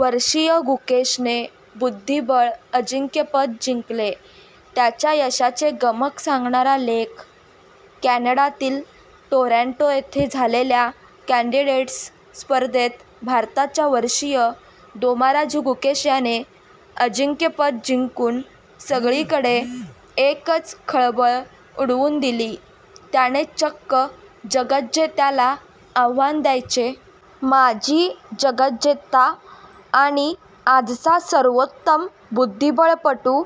वर्षीय गुकेशने बुद्धिबळ अजिंक्यपद जिंकले. त्याच्या यशाचे गमक सांगणारा लेख- कॅनडातील टोरॅन्टो येथे झालेल्या 'कॅन्डिडेट्स' स्पर्धेत भारताच्या वर्षीय दोमाराजू गुकेश याने अजिंक्यपद जिंकून सगळीकडे एकच खळबळ उडवून दिली. त्याने चक्क जगज्जेत्याला आव्हान द्यायचे? माजी जगज्जेता आणि आजचा सर्वोत्तम बुद्धिबळपटू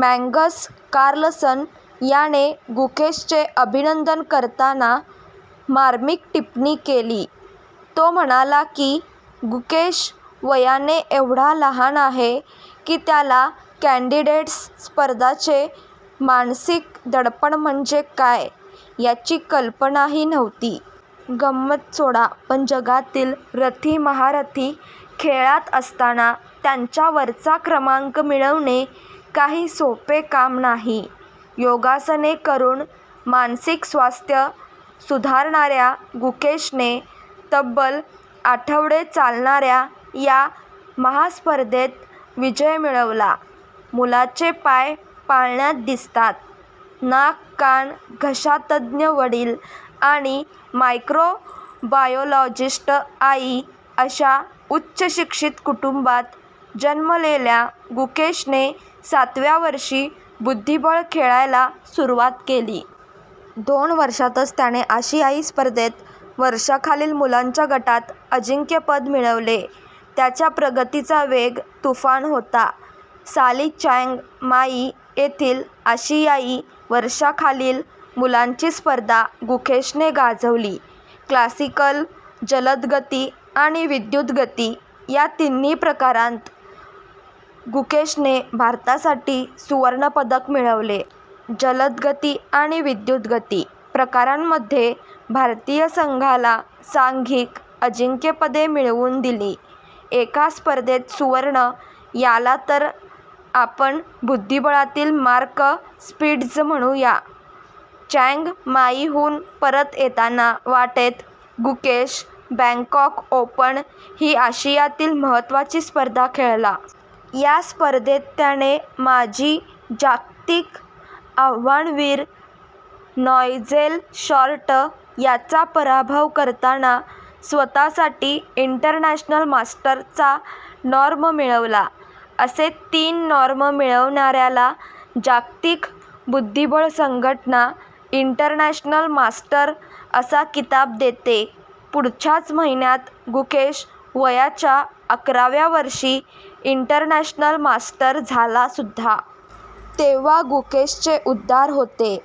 मॅग्नस कार्लसन याने गुकेशचे अभिनंदन करताना मार्मिक टिपणी केली. तो म्हणाला की, गुकेश वयाने एवढा लहान आहे की, त्याला 'कॅन्डिडेट्स' स्पर्धांचे मानसिक दडपण म्हणजे काय याची कल्पनाही नव्हती. गंमत सोडा, पण जगातील रथीमहारथी खेळात असताना त्यांच्या वरचा क्रमांक मिळवणे काही सोपे काम नाही. योगासने करून मानसिक स्वास्थ्य सुधारणाऱ्या गुकेशने तब्बल आठवडे चालणाऱ्या या महास्पर्धेत विजय मिळवला. मुलाचे पाय पाळण्यात दिसतात- नाक-कान-घसातज्ज्ञ वडील आणि मायक्रोबायोलॉजिस्ट आई अशा उच्चशिक्षित कुटुंबात जन्मलेल्या गुकेशने सातव्या वर्षी बुद्धिबळ खेळायला सुरुवात केली. दोन वर्षांतच त्याने आशियाई स्पर्धेत वर्षांखालील मुलांच्या गटात अजिंक्यपद मिळवले. त्याच्या प्रगतीचा वेग तुफान होता. साली चँग माई येथील आशियाई वर्षांखालील मुलांची स्पर्धा गुकेशने गाजवली. 'क्लासिकल', 'जलदगती' आणि 'विद्युत् गती' या तिन्ही प्रकारांत गुकेशने भारतासाठी सुवर्णपदक मिळवले. 'जलदगती' आणि 'विद्युत् गती' प्रकारांमध्ये भारतीय संघाला सांघिक अजिंक्यपदे मिळवून दिली. एका स्पर्धेत सुवर्ण! याला तर आपण बुद्धिबळातील मार्क स्पिट्झ म्हणू या! चँग माईहून परत येताना वाटेत गुकेश 'बँकॉक ओपन' ही आशियातील महत्त्वाची स्पर्धा खेळला. या स्पर्धेत त्याने माजी जागतिक आव्हानवीर नायजेल शॉर्ट याचा पराभव करताना स्वतःसाठी 'इंटरनॅशनल मास्टर'चा नॉर्म मिळवला. असे तीन नॉर्म मिळवणाऱ्याला जागतिक बुद्धिबळ संघटना 'इंटरनॅशनल मास्टर' असा किताब देते. पुढच्याच महिन्यात गुकेश वयाच्या अकराव्या वर्षी इंटरनॅशनल मास्टर झालासुद्धा! तेव्हा गुकेशचे उद्गार होते-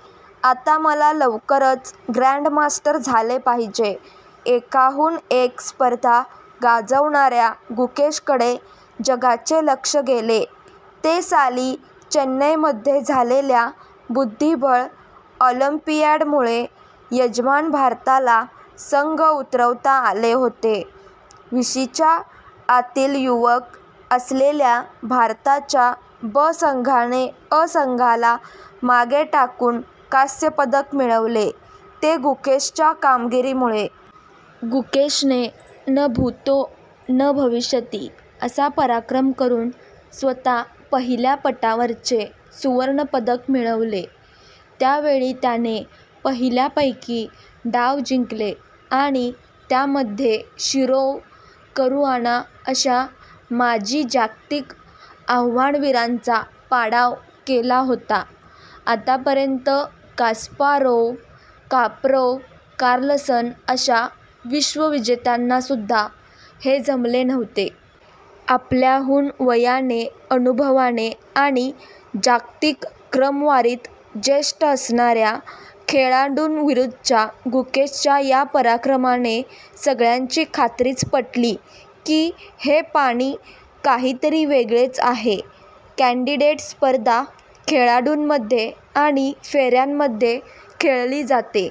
आता मला लवकरच 'ग्रँडमास्टर' झाले पाहिजे. एकाहून एक स्पर्धा गाजवणाऱ्या गुकेशकडे जगाचे लक्ष गेले, ते साली चेन्नईमध्ये झालेल्या बुद्धिबळ ऑलिम्पियाडमुळे! यजमान भारताला संघ उतरवता आले होते. विशीच्या आतील युवक असलेल्या भारताच्या 'ब' संघाने 'अ' संघाला मागे टाकून कांस्यपदक मिळवले, ते गुकेशच्या कामगिरीमुळे. गुकेशने 'न भूतो न भविष्यति' असा पराक्रम करून स्वतः पहिल्या पटावरचे सुवर्णपदक मिळवले. त्या वेळी त्याने पहिल्या पैकी डाव जिंकले आणि त्यामध्ये शिरोव, करूआना अशा माजी जागतिक आव्हानवीरांचा पाडाव केला होता. आतापर्यंत कास्पारोव्ह, कार्पोव, कार्लसन अशा विश्वविजेत्यांनासुद्धा हे जमले नव्हते. आपल्याहून वयाने, अनुभवाने आणि जागतिक क्रमवारीत ज्येष्ठ असणाऱ्या खेळाडूंविरुद्धच्या गुकेशच्या या पराक्रमाने सगळ्यांची खात्रीच पटली की, हे पाणी काहीतरी वेगळेच आहे! कॅन्डिडेट स्पर्धा खेळाडूंमध्ये आणि फेऱ्यांमध्ये खेळली जाते.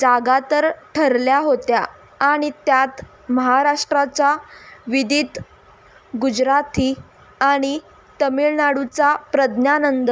जागा तर ठरल्या होत्या आणि त्यात महाराष्ट्राचा विदित गुजराथी आणि तामिळनाडूचा प्रज्ञानंद